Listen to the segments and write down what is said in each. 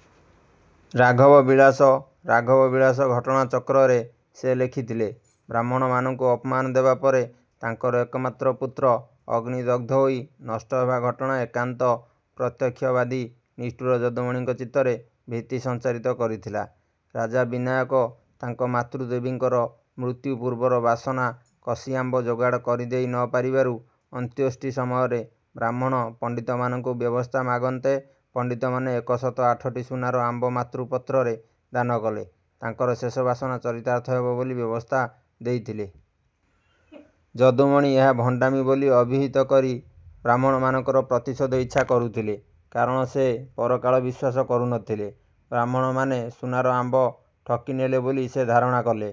" ରାଘବ ବିଳାସ ରାଘବ ବିଳାସ ଘଟଣାଚକ୍ରରେ ସେ ଲେଖିଥିଲେ। ବ୍ରାହ୍ମଣମାନଙ୍କୁ ଅପମାନ ଦେବା ପରେ ତାଙ୍କର ଏକମାତ୍ର ପୁତ୍ର ଅଗ୍ନିଦଗ୍ଧ ହୋଇ ନଷ୍ଟହେବା ଘଟଣା ଏକାନ୍ତ ପ୍ରତ୍ୟକ୍ଷବାଦୀ ନିଷ୍ଠୁର ଯଦୁମଣିଙ୍କ ଚିତ୍ତରେ ଭୀତି ସଂଚାରିତ କରିଥିଲା। ରାଜା ବିନାୟକ ତାଙ୍କ ମାତୃଦେବୀଙ୍କର ମୃତ୍ୟୁପୂର୍ବର ବାସନା କଷିଆମ୍ବ ଯୋଗାଡ଼ କରିଦେଇ ନ ପାରିବାରୁ ଅନ୍ତ୍ୟେଷ୍ଟି ସମୟରେ ବ୍ରାହ୍ମଣ ପଣ୍ଡିତମାନଙ୍କୁ ବ୍ୟବସ୍ଥା ମାଗନ୍ତେ ପଣ୍ଡିତ ମାନେ ଏକଶତ ଆଠଟି ସୁନାର ଆମ୍ବ ମାତୃପତ୍ରରେ ଦାନକଲେ ତାଙ୍କର ଶେଷ ବାସନା ଚରିତାର୍ଥ ହେବ ବୋଲି ବ୍ୟବସ୍ଥା ଦେଇଥିଲେ। ଯଦୁମଣି ଏହା ଭଣ୍ଡାମି ବୋଲି ଅଭିହିତ କରି ବ୍ରାହ୍ମଣମାନଙ୍କର ପ୍ରତିଶୋଧ ଇଚ୍ଛା କରୁଥିଲେ। କାରଣ ସେ ପରକାଳ ବିଶ୍ୱାସ କରୁ ନ ଥିଲେ। ବ୍ରାହ୍ମଣମାନେ ସୁନାର ଆମ୍ବ ଠକିନେଲେ ବୋଲି ସେ ଧାରଣା କଲେ।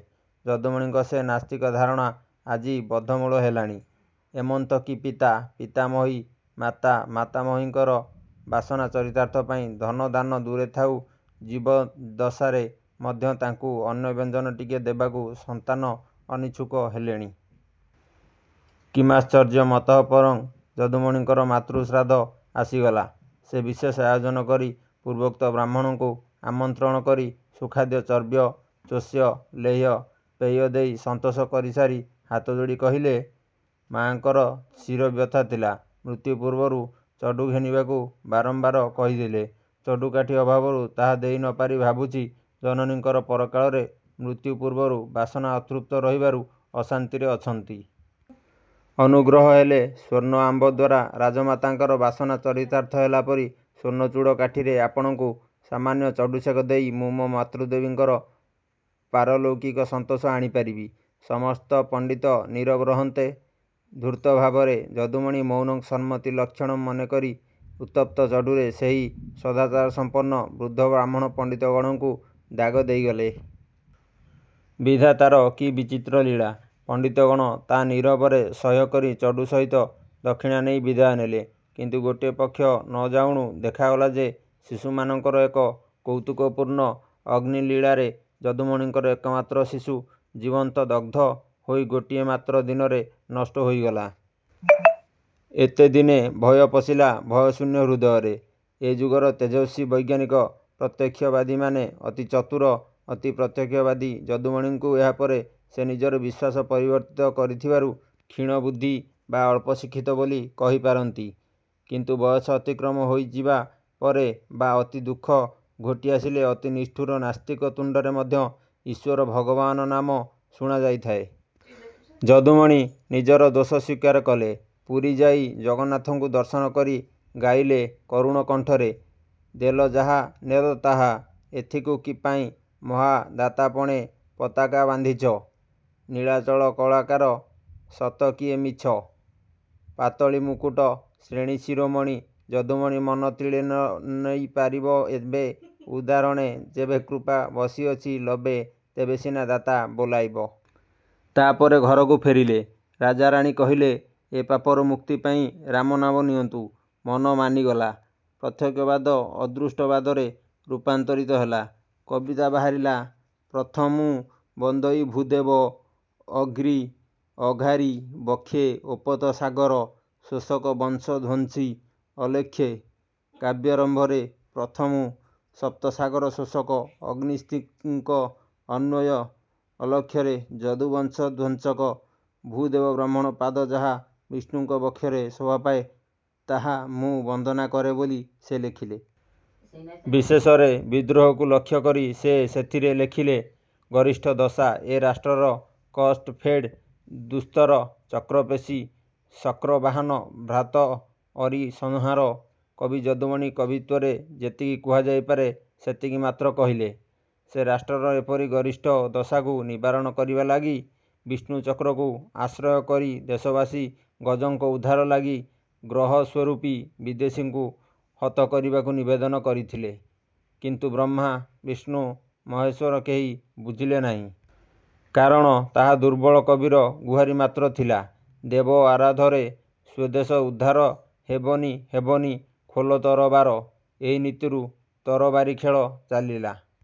ଯଦୁମଣିଙ୍କ ସେ ନାସ୍ତିକ ଧାରଣା ଆଜି ବଦ୍ଧମୂଳ ହେଲାଣି। ଏମନ୍ତ କି ପିତା, ପିତାମହୀ, ମାତା, ମାତାମହୀଙ୍କର ବାସନା ଚରିତାର୍ଥ ପାଇଁ ଧନ ଦାନ ଦୂରେ ଥାଉ ଜୀବଦ୍ଦଶାରେ ମଧ୍ୟ ତାଙ୍କୁ ଅନ୍ନବ୍ୟଞ୍ଜନ ଟିକିଏ ଦେବାକୁ ସନ୍ତାନ ଅନିଚ୍ଛୁକ ହେଲେଣି। କିମାଶ୍ଚର୍ଯ୍ୟମତଃ ପରଂ। ଯଦୁମଣିଙ୍କର ମାତୃଶ୍ରାଦ୍ଧ ଆସିଗଲା। ସେ ବିଶେଷ ଆୟୋଜନ କରି ପୂର୍ବୋକ୍ତ ବ୍ରାହ୍ମଣଙ୍କୁ ଆମନ୍ତ୍ରଣ କରି ସୁଖାଦ୍ୟ ଚର୍ବ୍ୟ, ଚୋଷ୍ୟ, ଲେହ୍ୟ, ପେୟ ଦେଇ ସନ୍ତୋଷ କରିସାରି ହାତଯୋଡ଼ି କହିଲେ,- ''ମାଆଙ୍କର ଶିରବ୍ୟଥା ଥିଲା। ମୃତ୍ୟୁ ପୂର୍ବରୁ ଚଡ଼ୁ ଘେନିବାକୁ ବାରମ୍ବାର କହିଥିଲେ। ଚଡ଼ୁକାଠି ଅଭାବରୁ ତାହା ଦେଇ ନପାରି ଭାବୁଛି ଜନନୀଙ୍କର ପରକାଳରେ ମୃତ୍ୟୁପୂର୍ବରୁ ବାସନା ଅତୃପ୍ତ ରହିବାରୁ ଅଶାନ୍ତିରେ ଅଛନ୍ତି। ଅନୁଗ୍ରହ ହେଲେ ସ୍ୱର୍ଣ୍ଣ ଆମ୍ବଦ୍ୱାରା ରାଜମାତାଙ୍କର ବାସନା ଚରିତାର୍ଥ ହେଲା ପରି ସ୍ୱର୍ଣ୍ଣଚୂଡ଼ କାଠିରେ ଆପଣମାନଙ୍କୁ ସାମାନ୍ୟ ଚଡ଼ୁସେକ ଦେଇ ମୁଁ ମୋ ମାତୃଦେବୀଙ୍କର ପାରଲୌକିକ ସନ୍ତୋଷ ଆଣିପାରିବି। " ସମସ୍ତ ପଣ୍ଡିତ ନୀରବ ରହନ୍ତେ, ଧୂର୍ତ୍ତ ଭାବରେ ଯଦୁମଣି ମୌନଂ ସମ୍ମତି ଲକ୍ଷଣଂ ମନେକରି ଉତ୍ତପ୍ତ ଚଡ଼ୁରେ ସେହି ସଦାଚାରସଂପନ୍ନ ବୃଦ୍ଧ ବ୍ରାହ୍ମଣ ପଣ୍ଡିତ ଗଣଙ୍କୁ ଦାଗ ଦେଇଗଲେ-। ବିଧାତାର କି ବିଚିତ୍ର ଲୀଳା! ପଣ୍ଡିତଗଣ ତା ନୀରବରେ ସହ୍ୟକରି ଚଡ଼ୁ ସହିତ ଦକ୍ଷିଣା ନେଇ ବିଦାୟ ନେଲେ। କିନ୍ତୁ ଗୋଟିଏ ପକ୍ଷ ନଯାଉଣୁ ଦେଖାଗଲା ଯେ ଶିଶୁମାନଙ୍କର ଏକ କୌତୁକପୂର୍ଣ୍ଣ ଅଗ୍ନିଲୀଳାରେ ଯଦୁମଣିଙ୍କର ଏକମାତ୍ର ଶିଶୁ ଜୀବନ୍ତ ଦଗ୍ଧ ହୋଇ ଗୋଟିଏ ମାତ୍ର ଦିନରେ ନଷ୍ଟ ହୋଇଗଲା। ଏତେଦିନେ ଭୟ ପଶିଲା ଭୟଶୂନ୍ୟ ହୃଦୟରେ। ଏ ଯୁଗର ତେଜସ୍ୱୀ ବୈଜ୍ଞାନିକ ପ୍ରତ୍ୟକ୍ଷବାଦୀମାନେ ଅତି ଚତୁର, ଅତି ପ୍ରତ୍ୟକ୍ଷବାଦୀ ଯଦୁମଣିଙ୍କୁ ଏହାପରେ ସେ ନିଜର ବିଶ୍ୱାସ ପରିବର୍ତ୍ତିତ କରିଥିବାରୁ କ୍ଷୀଣ ବୁଦ୍ଧି ବା ଅଳ୍ପଶିକ୍ଷିତ ବୋଲି କହିପାରନ୍ତି। କିନ୍ତୁ ବୟସ ଅତିକ୍ରମ ହୋଇଯିବା ପରେ ବା ଅତି ଦୁଃଖ ଘୋଟିଆସିଲେ ଅତି ନିଷ୍ଠୁର ନାସ୍ତିକ ତୁଣ୍ଡରେ ମଧ୍ୟ ଈଶ୍ୱର ଭଗବାନ ନାମ ଶୁଣାଯାଇଥାଏ। ଯଦୁମଣି ନିଜର ଦୋଷ ସ୍ୱୀକାର କଲେ। ପୁରୀ ଯାଇ ଜଗନ୍ନାଥଙ୍କୁ ଦର୍ଶନ କରି ଗାଇଲେ କରୁଣ କଣ୍ଠରେ- ଦେଲ ଯାହା ନେଲ ତାହା, ଏଥିକୁ କିପାଇଁ ମହା ଦାତାପଣେ ପତାକା ବାନ୍ଧିଛ? ନୀଳାଚଳ କଳାକାର, ସତ କି ଏ ମିଛ? ପାତଳୀ ମୁକୁଟ ଶ୍ରେଣୀଶିରୋମଣୀ ଯଦୁମଣି ମନ ତିଳେ ନେଇ ନ ପାରିବ ଏବେ ଉଦ୍ଧାରଣେ ଯେବେକୃପା ବସିଅଛି ଲବେ ତେବେ ସିନା ଦାତା ବୋଲାଇବ। ତାପରେ ଘରକୁ ଫେରିଲେ। ରାଜାରାଣୀ କହିଲେ, ଏ ପାପରୁ ମୁକ୍ତି ପାଇଁ ରାମ ନାମ ନିଅନ୍ତୁ। ମନ ମାନିଗଲା। ପ୍ରତ୍ୟକ୍ଷବାଦ ଅଦୃଷ୍ଟବାଦରେ ରୂପାନ୍ତରିତ ହେଲା। କବିତା ବାହାରିଲା- ପ୍ରଥମୁଁ ବନ୍ଦଇ ଭୂଦେବ ଅଂଘ୍ରି ଅଘାରି ବକ୍ଷେ ଓପତ ସାଗର ଶୋଷକ ବଂଶ ଧ୍ୱଂସି ଅଲକ୍ଷେ। କାବ୍ୟାରମ୍ଭରେ ପ୍ରଥମୁଁ ସପ୍ତସାଗର ଶୋଷକ ଅଗସ୍ତିଙ୍କ ଅନ୍ୱୟ, ଅଲକ୍ଷରେ ଯଦୁବଂଶଧ୍ୱଂସକ ଭୂଦେବବ୍ରାହ୍ମଣ ପାଦ ଯାହା ବିଷ୍ଣୁଙ୍କ ବକ୍ଷରେ ଶୋଭାପାଏ, ତାହା ମୁଁ ବନ୍ଦନା କରେ ବୋଲି ସେ ଲେଖିଲେ। ବିଶେଷରେ ବିଦ୍ରୋହକୁ ଲକ୍ଷ୍ୟକରି ସେ ସେଥିରେ ଲେଖିଲେ- ଗରିଷ୍ଠ ଦଶା ଏ ରାଷ୍ଟ୍ର ର କଷ୍ଟ ଫେଡ଼ ଦୁସ୍ତର, ଚକ୍ରପେଷି ଶକ୍ରବାହନ ଭ୍ରାତ ଅରି ସଂହାର। କବି ଯଦୁମଣି କବିତ୍ୱରେ ଯେତିକି କୁହାଯାଇପାରେ ସେତିକି ମାତ୍ର କହିଲେ। ସେ ରାଷ୍ଟ୍ରର ଏପରି ଗରିଷ୍ଠ ଦଶାକୁ ନିବାରଣ କରିବା ଲାଗି ବିଷ୍ଣୁଚକ୍ରକୁ ଆଶ୍ରୟ କରିଦେଶବାସୀ ଗଜଙ୍କ ଉଦ୍ଧାର ଲାଗି ଗ୍ରହସ୍ୱରୂପୀ ବିଦେଶୀଙ୍କୁ ହତ କରିବାକୁ ନିବେଦନ କରିଥିଲେ, କିନ୍ତୁ ବ୍ରହ୍ମା, ବିଷ୍ଣୁ, ମହେଶ୍ୱର କେହି ବୁଝିଲେ ନାହିଁ। କାରଣ ତାହା ଦୁର୍ବଳ କବିର ଗୁହାରି ମାତ୍ର ଥିଲା। ଦେବ ଆରାଧରେ ସ୍ୱଦେଶ ଉଦ୍ଧାର ହେବନି ହେବନି ଖୋଲ ତରବାର। ଏହି ନୀତିରୁ ତରବାରୀ ଖେଳ ଚାଲିଲା।